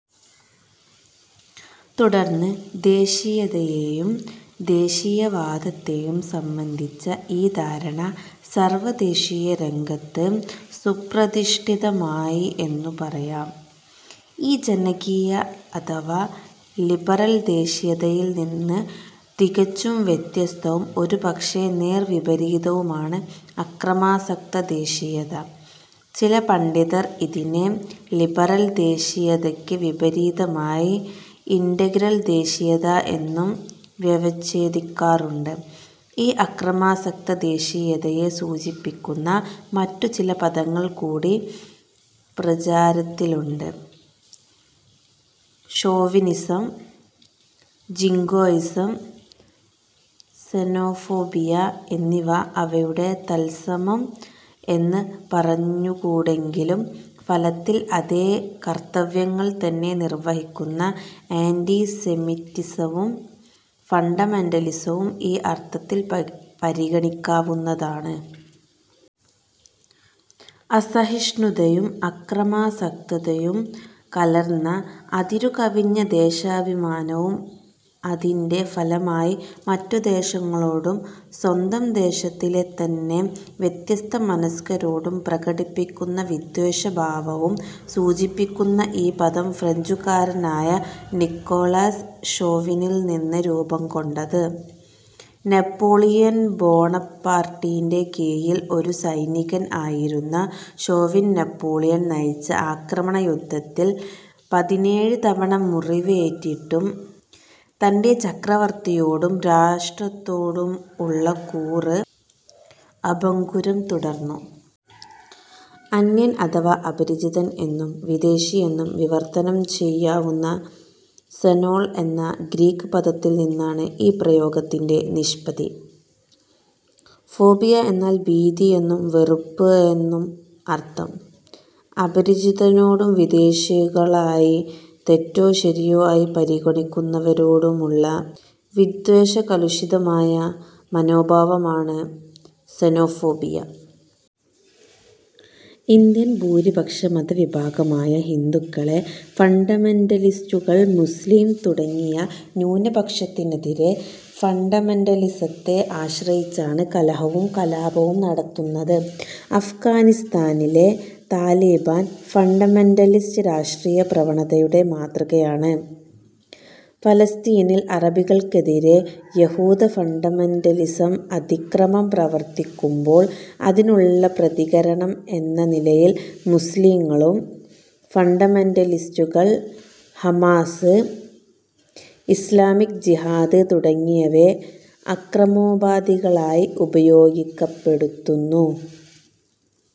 തുടർന്ന് ദേശീയതയേയും ദേശീയവാദത്തെയും സംബന്ധിച്ച ഈ ധാരണ സാർവദേശീയ രംഗത്ത് സുപ്രതിഷ്ഠിതമായി എന്നു പറായാം. ഈ ജനകീയ അഥവാ ലിബറൽ ദേശീയതയിൽ നിന്ന് തികച്ചും വ്യത്യസ്തവും ഒരുപക്ഷേ നേർവിപരീതവുമാണ് അക്രമാസക്തദേശീയത. ചില പണ്ഡിതർ ഇതിനെ ലിബറൽ ദേശീയതയ്ക്ക് വിപരീതമായി ഇന്റഗ്രൽ ദേശീയത എന്നും വ്യവഛേദിക്കാറുണ്ട്. ഈ അക്രമാസക്ത ദേശീയതയെ സൂചിപ്പിക്കുന്ന മറ്റുചില പദങ്ങൾകൂടി പ്രചാരത്തിലുണ്ട്: ഷോവിനിസം, ജിംഗോയിസം, സെനോഫോബിയ എന്നിവ അവയുടെ തൽസമം എന്ന് പറഞ്ഞുകൂടെങ്കിലും ഫലത്തിൽ അതേ കർത്തവ്യങ്ങൾ തന്നെ നിർവഹിക്കുന്ന ആന്റി സെമിറ്റിസവും ഫണ്ടമെന്റലിസവും ഈ അർത്ഥത്തിൽ പരിഗണിക്കാവുന്നതാണ്. അസഹിഷ്ണുതയും അക്രമാസക്തതയും കലർന്ന അതിരു കവിഞ്ഞ ദേശാഭിമാനവും അതിന്റെ ഫലമായി മറ്റു ദേശങ്ങളോടും സ്വന്തം ദേശത്തിലെ തന്നെ വ്യത്യസ്ത മനസ്ക്കരോടും പ്രകടിപ്പിക്കുന്ന വിദ്വേഷ ഭാവവും സൂചിപ്പിക്കുന്ന ഈ പദം ഫ്രഞ്ചുകാരനായ നിക്കോളാസ് ഷോവിനിൽ നിന്നാണ് രൂപംകൊണ്ടത്. നെപ്പോളിയൻ ബോണപ്പാർട്ടിന്റെ കീഴിൽ ഒരു സൈനികൻ ആയിരുന്ന ഷോവിൻ നെപ്പോളിയൻ നയിച്ച ആക്രമണ യുദ്ധങ്ങളിൽ പതിനേഴ് തവണ മുറിവേറ്റിട്ടും തന്റെ ചക്രവർത്തിയോടും രാഷ്ട്രത്തോടും ഉള്ള കൂറ് അഭംഗുരം തുടർന്നു. അന്യൻ അഥവാ അപരിചിതൻ എന്നും വിദേശി എന്നും വിവർത്തനം ചെയ്യാവുന്ന സെനോൻ എന്ന ഗ്രീക് പദത്തിൽ നിന്നാണ് ഈ പ്രയോഗത്തിന്റെ നിഷ്പത്തി. ഫോബിയ എന്നാൽ ഭീതി എന്നും വെറുപ്പ് എന്നും അർത്ഥം. അപരിചിതരോടും വിദേശികളായി തെറ്റോ ശരിയോ ആയി പരിഗണിക്കുന്നവരോടും ഉള്ള വിദ്വേഷകലുഷിതമായ മനോഭാവമാണ് സെനോഫോബിയ. ഇന്ത്യൻ ഭൂരിപക്ഷ മതവിഭാഗമായ ഹിന്ദുക്കളിലെ ഫണ്ടമെന്റലിസ്റ്റുകൾ മുസ്ലീം തുടങ്ങിയ ന്യൂനപക്ഷങ്ങൾക്കെതിരെ ഫണ്ടമെന്റലിസത്തെ ആശ്രയിച്ചാണ് കലഹവും കലാപവും നടത്തുന്നത്. അഫ്ഘാനിസ്താനിലെ താലിബാൻ, ഫണ്ടമെന്റലിസ്റ്റ് രാഷ്ട്രീയ പ്രവണതയുടെ മാതൃകയാണ്. പലസ്തീനിൽ അറബികൾക്ക് എതിരെ യഹൂദ ഫണ്ടമെന്റലിസം അതിക്രമം പ്രവർത്തിക്കുമ്പോൾ അതിനുള്ള പ്രതികരണം എന്ന നിലയിൽ മുസ്ളിം ഫണ്ടമെന്റലിസ്റ്റുകൾ ഹമാസ്, ഇസ്ളാമിക് ജിഹാദ് തുടങ്ങിയവയെ അക്രമോപാധികളായി ഉപയോഗപ്പെടുത്തുന്നു.